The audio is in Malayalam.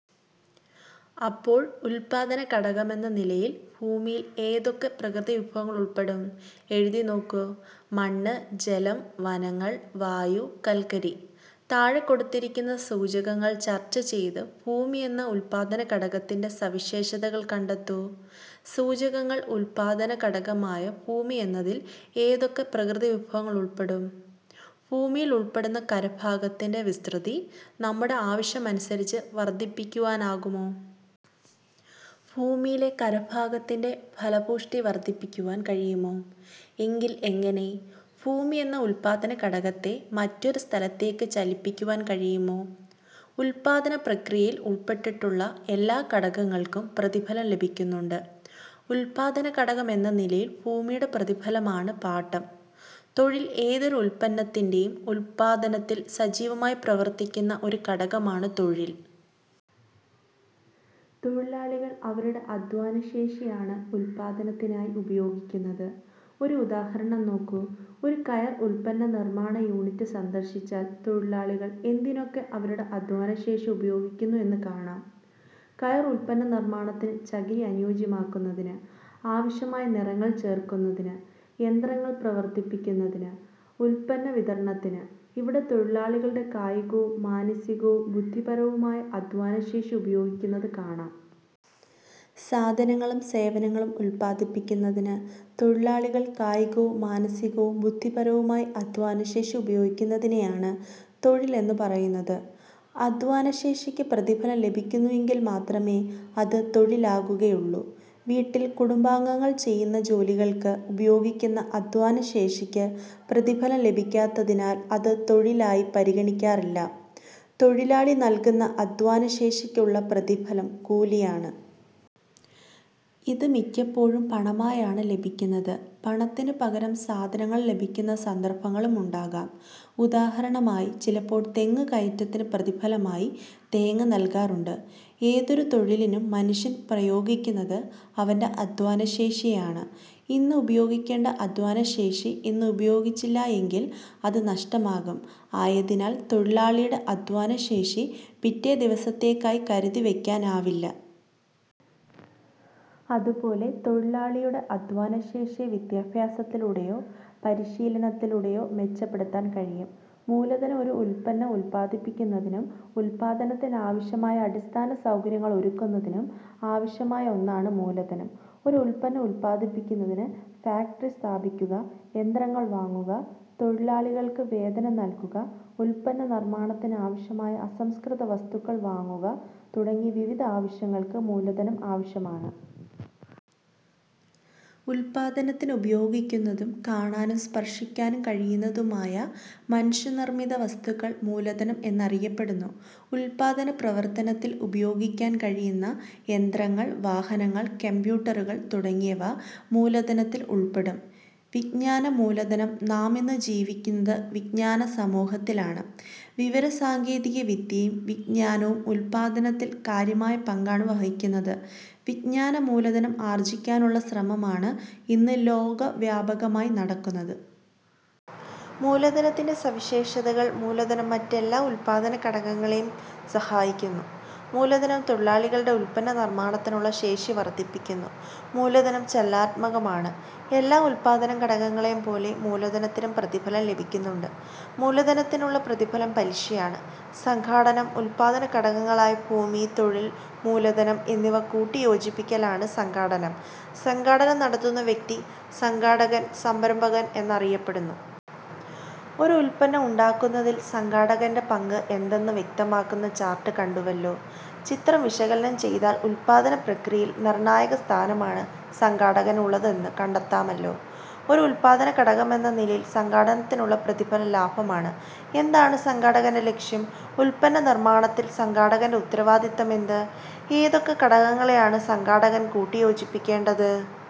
അപ്പോൾ ഉല്പാദനഘടകമെന്ന നിലയിൽ ഭൂമിയിൽ ഏതൊക്കെ പ്രകൃതിവിഭവങ്ങൾ ഉൾപ്പെടും? എഴുതിനോക്കൂ. മണ്ണ്, ജലം, വനങ്ങൾ, വായു, കൽക്കരി. താഴെ കൊടുത്തിരിക്കുന്ന സൂചകങ്ങൾ ചർച്ച ചെയ്ത് ഭൂമി എന്ന ഉല്പാദനഘടകത്തിന്റെ സവിശേഷതകൾ കണ്ടെത്തൂ. സൂചകങ്ങൾ ഉല്പാദന ഘടകമായ ഭൂമി എന്നതിൽ ഏതൊക്കെ പ്രകൃതിവിഭവങ്ങൾ ഉൾപ്പെടും? ഭൂമിയിൽ ഉൾപ്പെടുന്ന കരഭാഗത്തിന്റെ വിസ്തൃതി നമ്മുടെ ആവശ്യം അനുസരിച്ച് വർദ്ധിപ്പിക്കുവാനാകുമോ? ഭൂമിയിലെ കരഭാഗത്തിന്റെ ഫലപുഷ്ടി വർദ്ധിപ്പിക്കുവാൻ കഴിയുമോ? എങ്കിൽ എങ്ങനെ? ഭൂമി എന്ന ഉല്പാദനഘടകത്തെ മറ്റൊരു സ്ഥലത്തേക്ക് ചലിപ്പി ക്കുവാൻ കഴിയുമോ? ഉല്പാദനപ്രക്രിയയിൽ ഉൾപ്പെട്ടിട്ടുള്ള എല്ലാ ഘടകങ്ങൾക്കും പ്രതിഫലം ലഭിക്കുന്നുണ്ട്. ഉല്പാദനഘടകം എന്ന നിലയിൽ ഭൂമിയുടെ പ്രതിഫലമാണ് പാട്ടം. തൊഴിൽ ഏതൊരു ഉല്പന്നത്തിന്റെയും ഉല്പാദനത്തിൽ സജീവമായി പ്രവർത്തിക്കുന്ന ഒരു ഘടകമാണ് തൊഴിൽ. തൊഴിലാളികൾ അവരുടെ അദ്ധ്വാനശേഷിയാണ് ഉല്പാദനത്തിനായി ഉപയോഗിക്കുന്നത്. ഒരു ഉദാഹരണം നോക്കൂ. ഒരു കയർ ഉല്പന്ന നിർമ്മാണ യൂണിറ്റ് സന്ദർശിച്ചാൽ തൊഴിലാളികൾ എന്തിനൊക്കെ അവരുടെ അദ്ധ്വാന ശേഷി ഉപയോഗിക്കുന്നു എന്ന് കാണാം കയർ ഉല്പന്നനിർമ്മാണത്തിന് ചകിരി അനുയോജ്യമാക്കുന്നതിന്. ആവശ്യമായ നിറങ്ങൾ ചേർക്കുന്നതിന്. യന്ത്രങ്ങൾ പ്രവർത്തിപ്പിക്കുന്നതിന് ഉല്പന്നവിതരണത്തിന്. ഇവിടെ തൊഴിലാളികളുടെ കായികവും മാനസികവും ബുദ്ധിപരവുമായ അദ്ധ്വാനശേഷി ഉപയോഗിക്കുന്നത് കാണാം. സാധനങ്ങളും സേവനങ്ങളും ഉല്പാദിപ്പിക്കുന്നതിന് തൊഴിലാളികൾ കായികവും മാനസികവും ബുദ്ധിപരവുമായി അധ്വാനശേഷി ഉപയോഗിക്കുന്നതിനെയാണ് തൊഴിൽ എന്നു പറയുന്നത്. അധ്വാനശേഷിക്ക് പ്രതിഫലം ലഭിക്കുന്നു എങ്കിൽ മാത്രമേ അത് തൊഴിലാകുകയുള്ളൂ. വീട്ടിൽ കുടുംബാംഗങ്ങൾ ചെയ്യുന്ന ജോലികൾക്ക് ഉപയോഗിക്കുന്ന അധ്വാന ശേഷിക്ക് പ്രതിഫലം ലഭിക്കാത്തതിനാൽ അത് തൊഴിലായി പരിഗണിക്കാറില്ല. തൊഴിലാളി നൽകുന്ന അദ്ധ്വാനശേഷിക്കുള്ള പ്രതിഫലം കൂലിയാണ്. ഇത് മിക്കപ്പോഴും പണമായാണ് ലഭിക്കുന്നത്. പണത്തിനു പകരം സാധനങ്ങൾ ലഭിക്കുന്ന സന്ദർഭങ്ങളും ഉണ്ടാകാം. ഉദാഹരണമായി ചിലപ്പോൾ തെങ്ങുകയറ്റത്തിന് പ്രതിഫലമായി തേങ്ങ നൽകാറുണ്ട്. ഏതൊരു തൊഴിലിനും മനുഷ്യൻ പ്രയോഗിക്കുന്നത് അവന്റെ അദ്ധ്വാനശേഷിയാണ്. ഇന്ന് ഉപയോഗിക്കേണ്ട അദ്ധ്വാനശേഷി ഇന്ന് ഉപയോഗിച്ചില്ല എങ്കിൽ അത് നഷ്ടമാകും. ആയതിനാൽ തൊഴിലാളി യുടെ അദ്ധ്വാനശേഷി പിറ്റേ ദിവസത്തേക്കായി കരുതി വയ്ക്കാനാവില്ല. അതുപോലെ തൊഴിലാളിയുടെ അധ്വാനശേഷിയെ വിദ്യാഭ്യാസത്തിലൂടെയോ പരിശീലനത്തിലൂടെയോ മെച്ചപ്പെടുത്താൻ കഴിയും. മൂലധനം ഒരു ഉല്പന്നം ഉല്പാദിപ്പിക്കുന്നതിനും ഉല്പാദനത്തിന് ആവശ്യമായ അടിസ്ഥാനസൗകര്യങ്ങൾ ഒരുക്കുന്നതിനും ആവശ്യമായ ഒന്നാണ് മൂലധനം. ഒരു ഉല്പന്നം ഉല്പാദിപ്പിക്കുന്നതിന് ഫാക്ടറി സ്ഥാപിക്കുക, യന്ത്രങ്ങൾ വാങ്ങുക, തൊഴിലാളികൾക്ക് വേതനം നൽകുക, ഉല്പന്ന നിർമ്മാണത്തിന് ആവശ്യമായ അസംസ്കൃതവസ്തുക്കൾ വാങ്ങുക തുടങ്ങി വിവിധ ആവശ്യങ്ങൾക്ക് മൂലധനം ആവശ്യമാണ്. ഉല്പാദനത്തിന് ഉപയോഗിക്കുന്നതും കാണാനും സ്പർശിക്കാനും കഴിയുന്നതുമായ മനുഷ്യനിർമ്മിത വസ്തുക്കൾ മൂലധനം എന്നറിയപ്പെടുന്നു. ഉല്പാദന പ്രവർത്തനത്തിൽ ഉപയോഗിക്കാൻ കഴിയുന്ന യന്ത്രങ്ങൾ, വാഹനങ്ങൾ, കമ്പ്യൂട്ടറുകൾ തുടങ്ങിയവ മൂലധനത്തിൽ ഉൾപ്പെടും. വിജ്ഞാനമൂലധനം നാമിന്ന് ജീവിക്കുന്നത് വിജ്ഞാ നസമൂഹത്തിലാണ്. വിവരസാങ്കേതിക വിദ്യയും വിജ്ഞാനവും ഉല്പാദനത്തിൽ കാര്യമായ പങ്കാണ് വഹിക്കുന്നത്. വിജ്ഞാനമൂലധനം ആർജ്ജിക്കാനുള്ള ശ്രമമാണ് ഇന്ന് ലോകവ്യാപകമായി നടക്കുന്നത്. മൂലധനത്തിന്റെ സവിശേഷതകൾ മൂലധനം മറ്റ് എല്ലാ ഉല്പാദനഘടകങ്ങളേയും സഹായിക്കുന്നു. മൂലധനം തൊഴിലാളികളുടെ ഉല്പന്ന നിർമ്മാണത്തിനുള്ള ശേഷി വർദ്ധിപ്പിക്കുന്നു. മൂലധനം ചലനാത്മകമാണ്. എല്ലാ ഉല്പാദനഘടകങ്ങളെപ്പോലെ മൂലധനത്തിനും പ്രതിഫലം ലഭിക്കുന്നുണ്ട്. മൂലധനത്തിനുള്ള പ്രതിഫലം പലിശയാണ്. സംഘാടനം ഉല്പാദന ഘടകങ്ങളായ ഭൂമി, തൊഴിൽ, മൂലധനം എന്നിവ കൂട്ടിയോജിപ്പിക്കലാണ് സംഘാടനം. സംഘാടനം നടത്തുന്ന വ്യക്തി സംഘാടകൻ/സംരംഭകൻ എന്നറിയപ്പെടുന്നു. ഒരു ഉല്പന്നം ഉണ്ടാക്കുന്നതിൽ സംഘാടകന്റെ പങ്ക് എന്തെന്ന് വ്യക്തമാക്കുന്ന ചാർട്ട് കണ്ടുവല്ലോ. ചിത്രം വിശകലനം ചെയ്താൽ ഉല്പാദനപ്രക്രിയയിൽ നിർണ്ണായകസ്ഥാനമാണ് സംഘാടകന് ഉള്ളത് എന്ന് കണ്ടെത്താമല്ലോ. ഒരു ഉല്പാദനഘടകമെന്ന നിലയിൽ സംഘാടനത്തിനുള്ള പ്രതിഫലം ലാഭമാണ്. എന്താണ് സംഘാടകന്റെ ലക്ഷ്യം? ഉല്പന്ന നിർമ്മാണത്തിൽ സംഘാടകന്റെ ഉത്തരവാദിത്വം എന്ത്? ഏതൊക്കെ ഘടകങ്ങളെയാണ് സംഘാടകൻ കൂട്ടിയോജിപ്പിക്കേണ്ടത്?